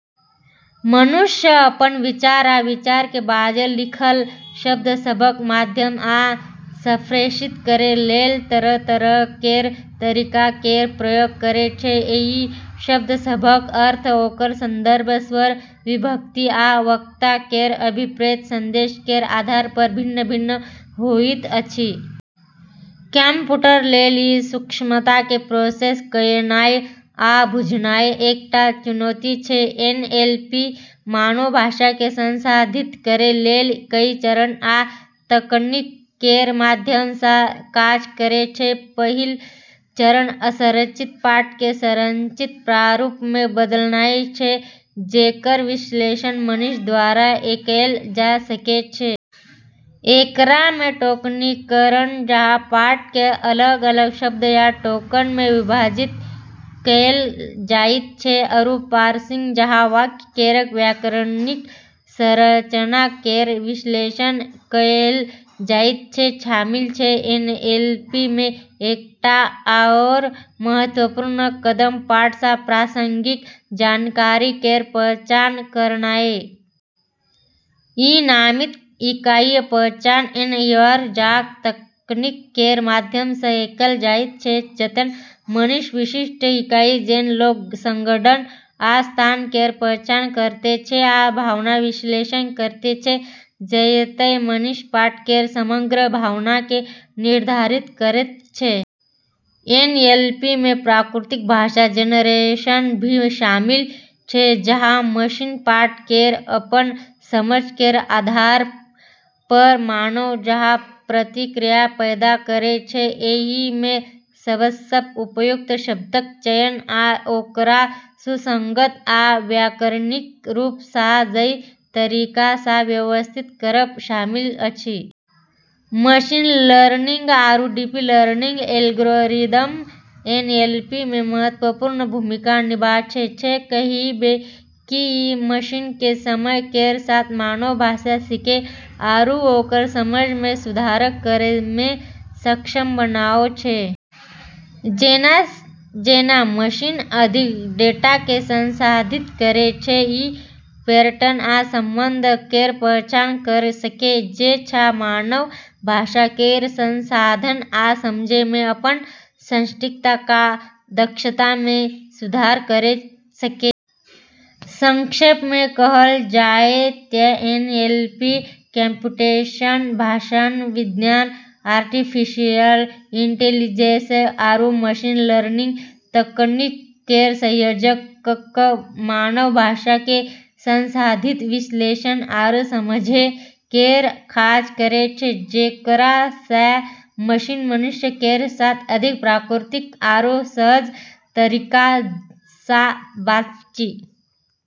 मनुष्य अपन विचार आ विचार केँ बाजल -लिखल शब्द सभक माध्यम सँ संप्रेषित करै लेल तरह-तरह केर तरीका केर प्रयोग करै छै। एहि शब्द सभक अर्थ ओकर संदर्भ, स्वर, विभक्ति आ वक्ता केर अभिप्रेत संदेश केर आधार पर भिन्न-भिन्न होइत अछि। कंप्यूटर लेल ई सूक्ष्मता केँ प्रोसेस कयनाय आ बुझनाय एक टा चुनौती छै। एन एल पी मानव भाषा केँ संसाधित करै लेल कई चरण आ तकनीक केर माध्यम सँ काज करै छै। पहिल चरण असंरचित पाठ केँ संरचित प्रारूप मे बदलनाय छै जेकर विश्लेषण मशीन द्वारा कएल जा सकै छै। एकरा मे टोकनीकरण, जहाँ पाठ केँ अलग-अलग शब्द या टोकन मे विभाजित कएल जाइत छै, आरू पार्सिंग, जहाँ वाक्य केर व्याकरणिक संरचना केर विश्लेषण कएल जाइत छै, शामिल छै। एनएलपी मे एकटा आओर महत्वपूर्ण कदम पाठ सँ प्रासंगिक जानकारी केर पहचान करनाय आ निकालनाय छै। ई नामित इकाई पहचान (एनईआर) जकाँ तकनीक केर माध्यम सँ कएल जाइत छै, जतय मशीन विशिष्ट इकाई जेंना लोक, संगठन, आ स्थान केर पहचान करैत छै, आ भावना विश्लेषण करैत छै, जतय मशीन पाठ केर समग्र भावना केँ निर्धारित करैत छै। एनएलपी मे प्राकृतिक भाषा जनरेशन भी शामिल छै, जहाँ मशीन पाठ केर अपन समझ केर आधार पर मानव जकाँ प्रतिक्रिया पैदा करै छै। एहि मे सबसँ उपयुक्त शब्दक चयन आ ओकरा सुसंगत आ व्याकरणिक रूप सँ सही तरीका सँ व्यवस्थित करब शामिल अछि। मशीन लर्निंग आरू डीप लर्निंग एल्गोरिदम एनएलपी मे महत्वपूर्ण भूमिका निभाबै छै, कहिबे कि ई मशीन केँ समय केर साथ मानव भाषा सीखै आरू ओकर समझ मे सुधार करै मे सक्षम बनाबै छै। जेना-जेना मशीन अधिक डेटा केँ संसाधित करै छै, ई पैटर्न आ संबंध केर पहचान करै सकै छै, आ मानव भाषा केर संसाधन आ समझै मे अपन सटीकता आ दक्षता मे सुधार करै सकै छै। संक्षेप मे कहल जाय तँ एनएलपी कम्प्यूटेशनल भाषाविज्ञान, आर्टिफिशियल इंटेलिजेंस, आरू मशीन लर्निंग तकनीक केर संयोजन कऽ कऽ मानव भाषा केँ संसाधित, विश्लेषण आरू समझै केर काज करै छै, जेकरा सँ मशीन मनुष्य केर साथ अधिक प्राकृतिक आरू सहज तरीका सँ बातचीत करै मे सक्षम होय जाइत छै।